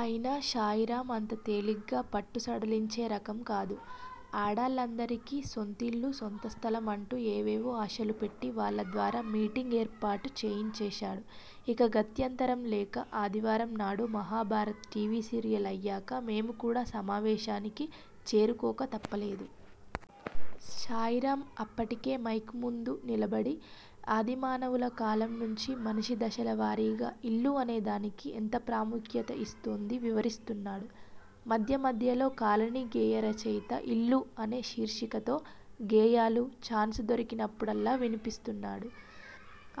అయినా శాయిరామ్ అంత తేలిగ్గా పట్టు సడలించే రకం కాదు. ఆడాళ్ళందరికీ 'సొంతిళ్ళు- సొంత స్థలం' అంటూ ఏవేవో ఆశలుపెట్టి వాళ్ళ ద్వారా మీటింగ్ ఏర్పాటు చేయించేశాడు. ఇక గత్యంతరం లేక ఆదివారం నాడు మహాభారత్ టీవీ సీరియల్ అయ్యాక మేము కూడా సమావేశానికి చేరుకోక తప్పలేదు. శాయిరామ్ అప్పటికే మైక్ ముందు నిలబడి ఆదిమానవుల కాలం నుంచీ మనిషి దశల వారీగా 'ఇల్లు'అనేదానికి ఎంత ప్రాముఖ్యత ఇస్తోంది వివరిస్తున్నాడు. మధ్యమధ్యలో కాలనీ గేయ రచయిత 'ఇల్లు' అనే శీర్షికతో గేయాలు- ఛాన్స్ దొరికి నప్పుడల్లా వినిపిస్తున్నాడు.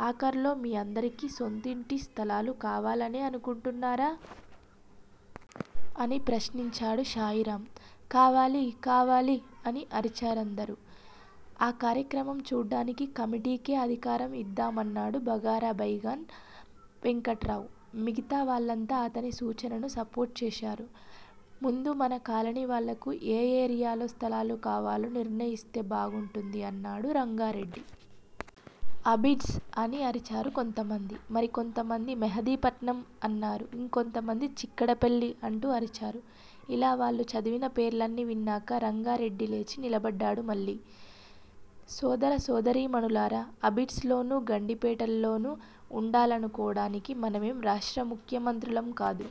ఆఖర్లో మీ అందరికీ సొంతింటి స్థలాలు కావాలనే అనుకుంటున్నారా? అని ప్రశ్నించాడు శాయిరామ్. కావాలీ కావాలీ అని అరిచారందరూ. ఆ కార్యక్రమం చూడ్డానికి కమిటీకే అధికారం ఇద్దాం అన్నాడు బగారా బైగన్ వెంకట్రావ్. మిగతా వాళ్ళంతా అతని సూచనను సపోర్ట్ చేశారు. ముందు మన కాలనీవాళ్ళకు ఏ ఏరియాలో స్థలాలు కావాలో నిర్ణయిస్తే బాగుంటుంది అన్నాడు రంగారెడ్డి. అబిడ్స్ అని అరిచారు కొంతమంది. మరికొంతమంది మెహిదీపట్నం అన్నారు. ఇంకొంత మంది 'చిక్కడపల్లి' అంటూ అరిచారు. ఇలా వాళ్ళు చదివిన పేర్లన్నీ విన్నాక రంగారెడ్డి లేచి నిలబడ్డాడు మళ్ళీ. సోదర సోదరీ మణులారా, అబిడ్స్ లోనూ గండిపేటల్లోనూ ఉండాలను కోడానికి మనమేం రాష్ట్ర్ర ముఖ్యమంత్రులం కాదు!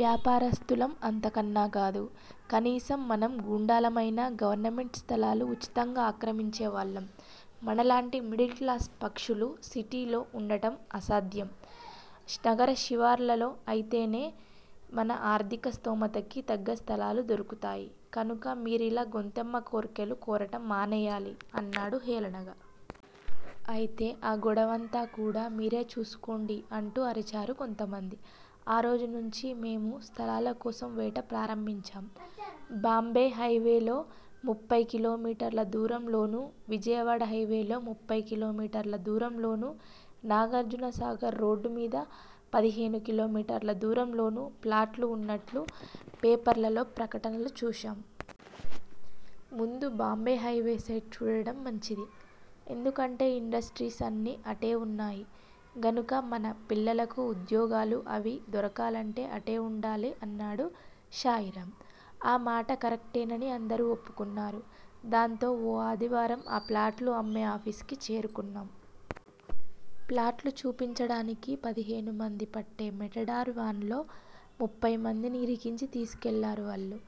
వ్యాపారస్తులం అంతకన్నా కాదు. కనీసం మనం గూండాలమయినా, గవర్నమెంట్ స్థలాలు ఉచితంగా ఆక్రమించే వాళ్ళం. మనలాంటి మిడిల్ క్లాస్ పక్షులు సిటీలో ఉండటం అసాధ్యం. నగర శివార్లలో అయితేనే మన ఆర్ధికస్థోమతకి తగ్గ స్థలాలు దొరుకుతాయి. కనుక మీరిలా గొంతెమ్మ కోర్కెలు కోరటం మానేయాలి! అన్నాడు హేళనగా. అయితే ఆ గొడవంతా కూడా మీరే చూసుకోండి అంటూ అరిచారు కొంతమంది. ఆ రోజునుంచీ మేము స్థలాల కోసం వేట ప్రారంభించాం! బాంబే హైవేలో ముప్పయ్ కిలోమీటర్ల దూరంలోనూ, విజయవాడ హైవేలో ముప్పయ్ కిలోమీటర్లల దూరం లోనూ, నాగార్జునసాగర్ రోడ్డుమీద పదిహేను కిలోమీటర్ల దూరంలోనూ, ప్లాట్లు ఉన్నట్లు పేపర్లలో ప్రకటనలు చూశాం. ముందు బాంబే హైవే సైడ్ చూడటం మంచిది. ఎందుకంటే ఇండస్ట్రీస్ అన్నీ అటే ఉన్నాయి గనుక మన పిల్లలకు ఉద్యోగాలు అవీ దొరకాలంటే అటే ఉండాలి అన్నాడు శాయిరామ్. ఆ మాట కరక్టేనని అందరూ ఒప్పుకున్నారు. దాంతో ఓ ఆదివారం ఆ ప్లాట్లు అమ్మే ఆఫీస్ కి చేరుకున్నాం. ప్లాట్లు చూపించడానికి పదిహేను మంది పట్టే మెటడార్ వాన్ లో ముప్పయ్ మందిని ఇరికించి తీసుకెళ్ళారు వాళ్ళు.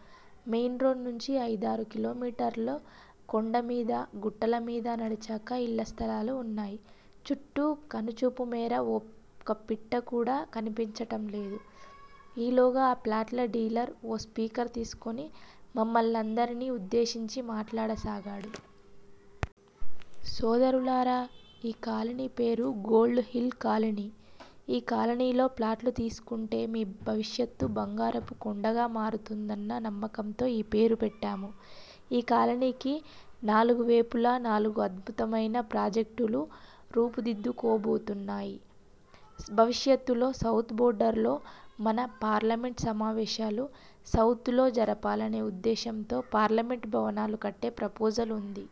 మెయిన్ రోడ్ నుంచి అయిదారు కిలోమీటర్లు కొండ మీదా గుట్టల మీదా నడిచాక ఇళ్ళస్థలాలు ఉన్నాయ్. చుట్టూ కనుచూపు మేర ఒక్కపిట్ట కూడా కనిపించటం లేదు. ఈలోగా ఆ ప్లాట్ల డీలర్ ఓ స్పీకర్ తీసుకుని మమ్మల్నందరినీ ఉద్దేశించి మాట్లాడసాగాడు. సోదరులారా! ఈ కాలనీ పేరు గోల్డ్ హిల్ కాలనీ! ఈ కాలనీలో ప్లాట్లు తీసుకుంటే మీ భవిష్యత్తు బంగారపు కొండగా మారుతుందన్న నమ్మకంతో ఈ పేరుపెట్టాము. ఈ కాలనీకి నాలుగు వేపులా నాలుగు అద్భుతమయిన ప్రాజెక్ట్ ళు రూపుదిద్దు కోబోతున్నాయ్. భవిష్యత్తులో సౌత్ బోర్డర్ లో మన పార్లమెంట్ సమావేశాలు, సౌత్ లో జరపాలనే ఉద్దేశంతో పార్లమెంట్ భవనాలు కట్టే ప్రపోజల్ ఉంది.